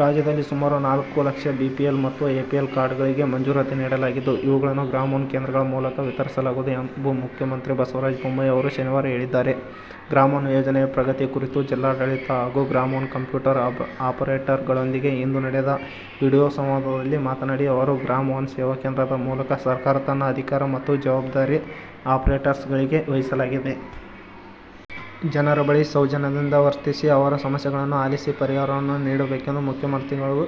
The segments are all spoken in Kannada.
ರಾಜ್ಯದಲ್ಲಿ ಸುಮಾರು ನಾಲ್ಕು ಲಕ್ಷ ಬಿಪಿಎಲ್ ಮತ್ತು ಎಪಿಎಲ್ ಕಾರ್ಡ್ಗಳಿಗೆ ಮಂಜೂರಾತಿ ನೀಡಲಾಗಿದ್ದು, ಇವುಗಳನ್ನು ಗ್ರಾಮ ಒನ್ ಕೇಂದ್ರಗಳ ಮೂಲಕ ವಿತರಿಸಲಾಗುವುದು ಎಂದು ಮುಖ್ಯಮಂತ್ರಿ ಬಸವರಾಜ ಬೊಮ್ಮಾಯಿ ಅವರು ಶನಿವಾರ ಹೇಳಿದ್ದಾರೆ. ಗ್ರಾಮ ಒನ್ ಯೋಜನೆಯ ಪ್ರಗತಿ ಕುರಿತು ಜಿಲ್ಲಾಡಳಿತ ಹಾಗೂ ಗ್ರಾಮ ಒನ್ ಕಂಪ್ಯೂಟರ್ ಆಪರೇಟರ್ಗಳೊಂದಿಗೆ ಇಂದು ನಡೆದ ವಿಡಿಯೋ ಸಂವಾದದಲ್ಲಿ ಮಾತನಾಡಿ ಅವರು, ಗ್ರಾಮ ಒನ್ ಸೇವಾ ಕೇಂದ್ರದ ಮೂಲಕ ಸರ್ಕಾರ ತನ್ನ ಅಧಿಕಾರ ಮತ್ತು ಜವಾಬ್ದಾರಿ ಆಪರೇಟರ್ಸ್ಗಳಿಗೆ ವಹಿಸಲಾಗಿದೆ. ಜನರ ಬಳಿ ಸೌಜನ್ಯದಿಂದ ವರ್ತಿಸಿ, ಅವರ ಸಮಸ್ಯೆಗಳನ್ನು ಆಲಿಸಿ, ಪರಿಹಾರವನ್ನು ನೀಡಬೇಕೆಂದು ಮುಖ್ಯಮಂತ್ರಿಗಳು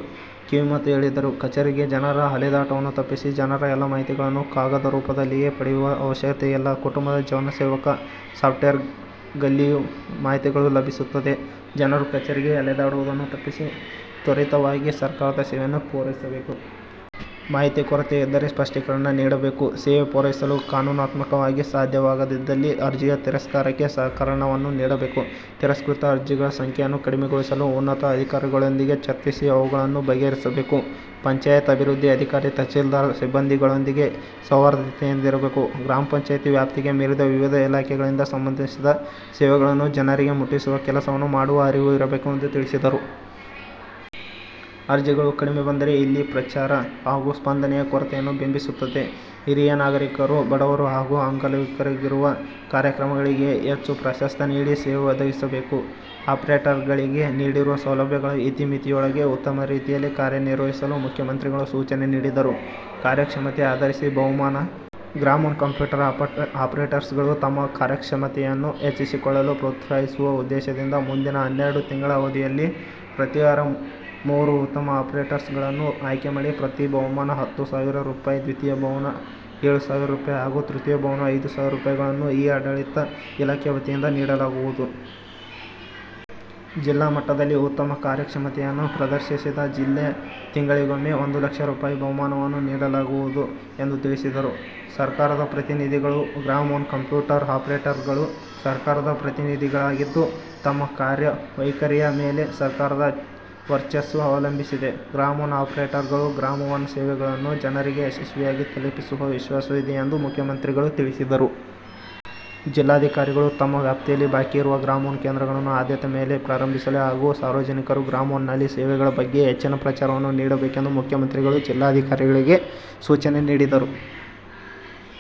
ಕಿವಿಮಾತು ಹೇಳಿದರು. ಕಚೇರಿಗೆ ಜನರ ಅಲೆದಾಟವನ್ನು ತಪ್ಪಿಸಿ ಜನರ ಎಲ್ಲ ಮಾಹಿತಿಗಳು ಕಾಗದರೂಪದಲ್ಲಿಯೇ ಪಡೆಯುವ ಅವಶ್ಯಕತೆಯಿಲ್ಲ. ಕುಟುಂಬ ಜನಸೇವಕ ಸಾಫ್ಟ್ವೇರ್ಗಲ್ಲಿಯೂ ಮಾಹಿತಿಗಳು ಲಭಿಸುತ್ತದೆ. ಜನರು ಕಚೇರಿಗೆ ಅಲೆದಾಡುವುದನ್ನು ತಪ್ಪಿಸಿ ತ್ವರಿತವಾಗಿ ಸರ್ಕಾರದ ಸೇವೆಯನ್ನು ಪೂರೈಸಬೇಕು. ಮಾಹಿತಿ ಕೊರತೆ ಇದ್ದರೆ ಸ್ಪಷ್ಟೀಕರಣ ನೀಡಬೇಕು. ಸೇವೆ ಪೂರೈಸಲು ಕಾನೂನಾತ್ಮಕವಾಗಿ ಸಾಧ್ಯವಾಗದಿದ್ದಲ್ಲಿ ಅರ್ಜಿಯ ತಿರಸ್ಕಾರಕ್ಕೆ ಸಕಾರಣವನ್ನು ನೀಡಬೇಕು. ತಿರಸ್ಕೃತ ಅರ್ಜಿಗಳ ಸಂಖ್ಯೆಯನ್ನು ಕಡಿಮೆಗೊಳಿಸಲು ಉನ್ನತ ಅಧಿಕಾರಿಗಳೊಂದಿಗೆ ಚರ್ಚಿಸಿ ಅವುಗಳನ್ನು ಬಗೆಹರಿಸಬೇಕು. ಪಂಚಾಯತ್ ಅಭಿವೃದ್ಧಿ ಅಧಿಕಾರಿ, ತಹಶೀಲ್ದಾರ್ ಸಿಬ್ಬಂದಿಗಳೊಂದಿಗೆ ಸೌಹಾರ್ದತೆಯಿಂದಿರಬೇಕು. ಗ್ರಾಮ ಪಂಚಾಯತಿ ವ್ಯಾಪ್ತಿಗೆ ಮೀರಿದ ವಿವಿಧ ಇಲಾಖೆಗಳಿಗೆ ಸಂಬಂಧಿಸಿದ ಸೇವೆಗಳನ್ನು ಜನರಿಗೆ ಮುಟ್ಟಿಸುವ ಕೆಲಸವನ್ನು ಮಾಡುವ ಅರಿವು ಇರಬೇಕು ಎಂದು ತಿಳಿಸಿದರು. ಅರ್ಜಿಗಳು ಕಡಿಮೆ ಬಂದರೆ, ಅಲ್ಲಿ ಪ್ರಚಾರ ಹಾಗೂ ಸ್ಪಂದನೆಯ ಕೊರತೆಯನ್ನು ಬಿಂಬಿಸುತ್ತದೆ. ಹಿರಿಯ ನಾಗರಿಕರು, ಬಡವರು ಹಾಗೂ ಅಂಗವಿಕಲರಿಗಿರುವ ಕಾರ್ಯಕ್ರಮಗಳಿಗೆ ಹೆಚ್ಚು ಪ್ರಾಶಸ್ತ್ಯ ನೀಡಿ ಸೇವೆ ಒದಗಿಸಬೇಕು. ಆಪರೇಟರ್ಗಳಿಗೆ ನೀಡಿರುವ ಸೌಲಭ್ಯಗಳ ಇತಿಮಿತಿಯೊಳಗೆ ಉತ್ತಮ ರೀತಿಯಲ್ಲಿ ಕಾರ್ಯನಿರ್ವಹಿಸಲು ಮುಖ್ಯಮಂತ್ರಿಗಳು ಸೂಚನೆ ನೀಡಿದರು. ಕಾರ್ಯಕ್ಷಮತೆ ಆಧರಿಸಿ ಬಹುಮಾನ ಗ್ರಾಮ ಒನ್ ಕಂಪ್ಯೂಟರ್ ಆಪರೇಟರ್ಸ್ಗಳು ತಮ್ಮ ಕಾರ್ಯಕ್ಷಮತೆಯನ್ನು ಹೆಚ್ಚಿಸಿಕೊಳ್ಳಲು ಪ್ರೋತ್ಸಾಹಿಸುವ ಉದ್ದೇಶದಿಂದ ಮುಂದಿನ ಹನ್ನೆರಡು ತಿಂಗಳ ಅವಧಿಯಲ್ಲಿ ಪ್ರತಿ ವಾರ ಮೂರು ಉತ್ತಮ ಆಪರೇಟರ್ಸ್ ಗಳನ್ನು ಆಯ್ಕೆ ಮಾಡಿ ಪ್ರಥಮ ಬಹುಮಾನ ಹತ್ತು ಸಾವಿರ ರುಪಾಯಿ ದ್ವಿತೀಯ ಬಹುಮಾನ ಏಳು ಸಾವಿರ ರುಪಾಯಿ ಹಾಗೂ ತೃತೀಯ ಬಹುಮಾನ ಐದು ಸಾವಿರ ರುಪಾಯಿಗಳನ್ನು ಇ ಆಡಳಿತ ಇಲಾಖೆ ವತಿಯಿಂದ ನೀಡಲಾಗುವುದು. ಜಿಲ್ಲಾಮಟ್ಟದಲ್ಲಿ ಉತ್ತಮ ಕಾರ್ಯಕ್ಷಮತೆಯನ್ನು ಪ್ರದರ್ಶಿಸಿದ ಜಿಲ್ಲೆ ತಿಂಗಳಿಗೊಮ್ಮೆ ಒಂದು ಲಕ್ಷ ರೂಪಾಯಿ ಬಹುಮಾನವನ್ನು ನೀಡಲಾಗುವುದು ಎಂದು ತಿಳಿಸಿದರು. ಸರ್ಕಾರದ ಪ್ರತಿನಿಧಿಗಳು ಗ್ರಾಮ ಒನ್ ಕಂಪ್ಯೂಟರ್ ಆಪರೇಟರ್ಗಳು ಸರ್ಕಾರದ ಪ್ರತಿನಿಧಿಗಳಾಗಿದ್ದು, ತಮ್ಮ ಕಾರ್ಯವೈಖರಿಯ ಮೇಲೆ ಸರ್ಕಾರದ ವರ್ಚಸ್ಸು ಅವಲಂಬಿಸಿದೆ. ಗ್ರಾಮ ಒನ್ ಆಪರೇಟರ್ಗಳು ಗ್ರಾಮ ಒನ್ ಸೇವೆಗಳನ್ನು ಜನರಿಗೆ ಯಶಸ್ವಿಯಾಗಿ ತಲುಪಿಸುವ ವಿಶ್ವಾಸವಿದೆ ಎಂದು ಮುಖ್ಯಮಂತ್ರಿಗಳು ತಿಳಿಸಿದರು. ಜಿಲ್ಲಾಧಿಕಾರಿಗಳು ತಮ್ಮ ವ್ಯಾಪ್ತಿಯಲ್ಲಿ ಬಾಕಿ ಇರುವ ಗ್ರಾಮ ಒನ್ ಕೇಂದ್ರಗಳನ್ನು ಆದ್ಯತೆ ಮೇಲೆ ಪ್ರಾರಂಭಿಸಲು ಹಾಗೂ ಸಾರ್ವಜನಿಕರು ಗ್ರಾಮ ಒನ್ನಲ್ಲಿ ಸೇವೆಗಳ ಬಗ್ಗೆ ಹೆಚ್ಚಿನ ಪ್ರಚಾರವನ್ನು ನೀಡಬೇಕೆಂದು ಮುಖ್ಯಮಂತ್ರಿಗಳು ಜಿಲ್ಲಾಧಿಕಾರಿಗಳಿಗೆ ಸೂಚನೆ ನೀಡಿದರು.